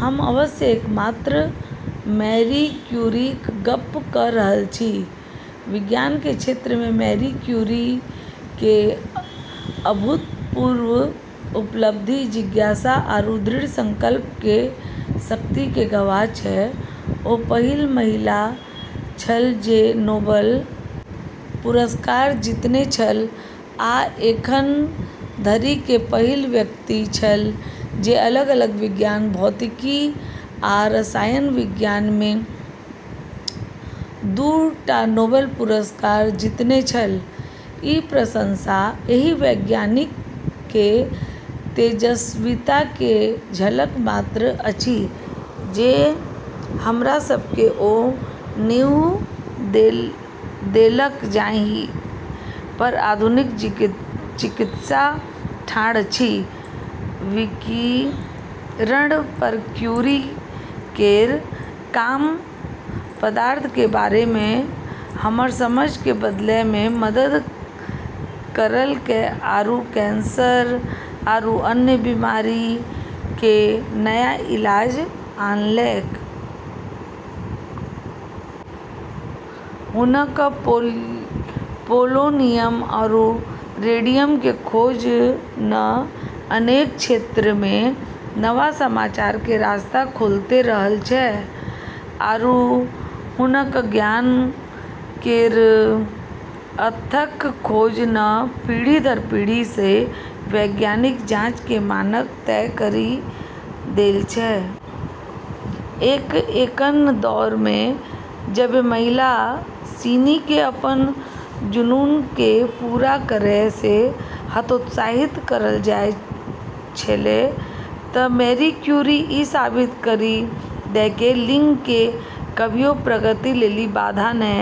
हम अवश्य एकमात्र मैरी क्यूरीक गप्प क रहल छी, विज्ञान के क्षेत्र में मैरी क्यूरी के अभूतपूर्व उपलब्धि जिज्ञासा आरू दृढ़ संकल्प के शक्ति के गवाह छै ओ पहिल महिला छल जे नोबेल पुरस्कार जीतने छल आ एखन धरि के पहिल व्यक्ति छल जे अलग-अलग विज्ञान भौतिकी आ रसायन विज्ञान मे दू टा नोबेल पुरस्कार जीतने छल, ई प्रशंसा एहि वैज्ञानिक के तेजस्वीता के झलक मात्र अछि जे हमरा सब के ओ नींव देलक जाहि पर आधुनिक चिकित्सा ठाढ़ अछि, विकिरण पर क्यूरी केरऽ काम पदार्थ के बारे मे हमरऽ समझ के बदलै मे मदद करलकै आरू कैंसर आरू अन्य बीमारी केरऽ नया इलाज लानलकै। हुनकऽ पोलोनियम आरू रेडियम के खोज न अनेक क्षेत्रऽ मे नवाचार के रास्ता खोलतें रहलऽ छै आरू हुनकऽ ज्ञान केरऽ अथक खोज न पीढ़ी-दर-पीढ़ी स॑ वैज्ञानिक जांच के मानक तय करी देले छै, एक ऐन्हऽ दौर मे जबे महिला सिनी के अपनऽ जुनून के पूरा करै से हतोत्साहित करलऽ जाय छेलै त मैरी क्यूरी ई साबित करी देलकै कि लिंग के कभियो प्रगति लेली बाधा नै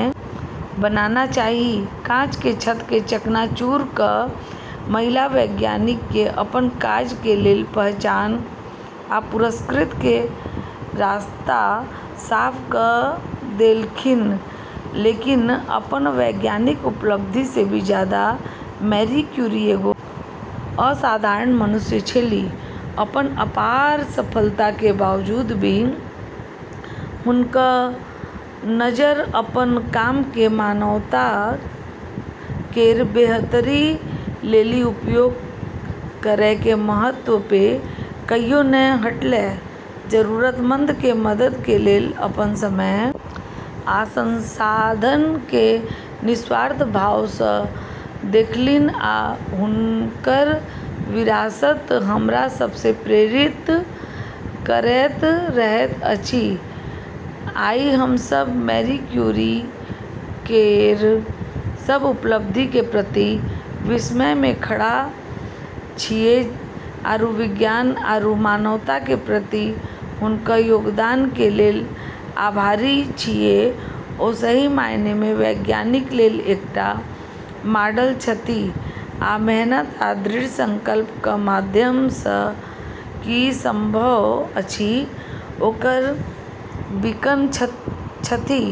बनना चाहि, काँच के छत के चकनाचूर क महिला वैज्ञानिक के अपन काज के लेल पहचान आ पुरस्कृत के रास्ता साफ क देलखिन्ह लेकिन अपनऽ वैज्ञानिक उपलब्धि से भी जादा मैरी क्यूरी एगो असाधारण मनुष्य छेली, अपनऽ अपार सफलता के बावजूद भी हुनकऽ नजर अपनऽ काम के मानवता केरऽ बेहतरी लेली उपयोग करै के महत्व पे कहियो नै हटलै, जरूरतमंद के मदद के लेल अपन समय आ संसाधन के निस्वार्थ भाव स देलखिन आ हुनकर विरासत हमरा सब के प्रेरित करैत रहैत अछि, आइ हम सब मैरी क्यूरी केरऽ सब उपलब्धि के प्रति विस्मय में खड़ा छियै आरू विज्ञान आरू मानवता के प्रति हुनकऽ योगदान के लेलऽ आभारी छियै ओ सही मायने मे वैज्ञानिक लेल एकटा मॉडल छथि आ मेहनत आ दृढ़ संकल्प क माध्यम स की संभव अछि ओकर बीकन छथि।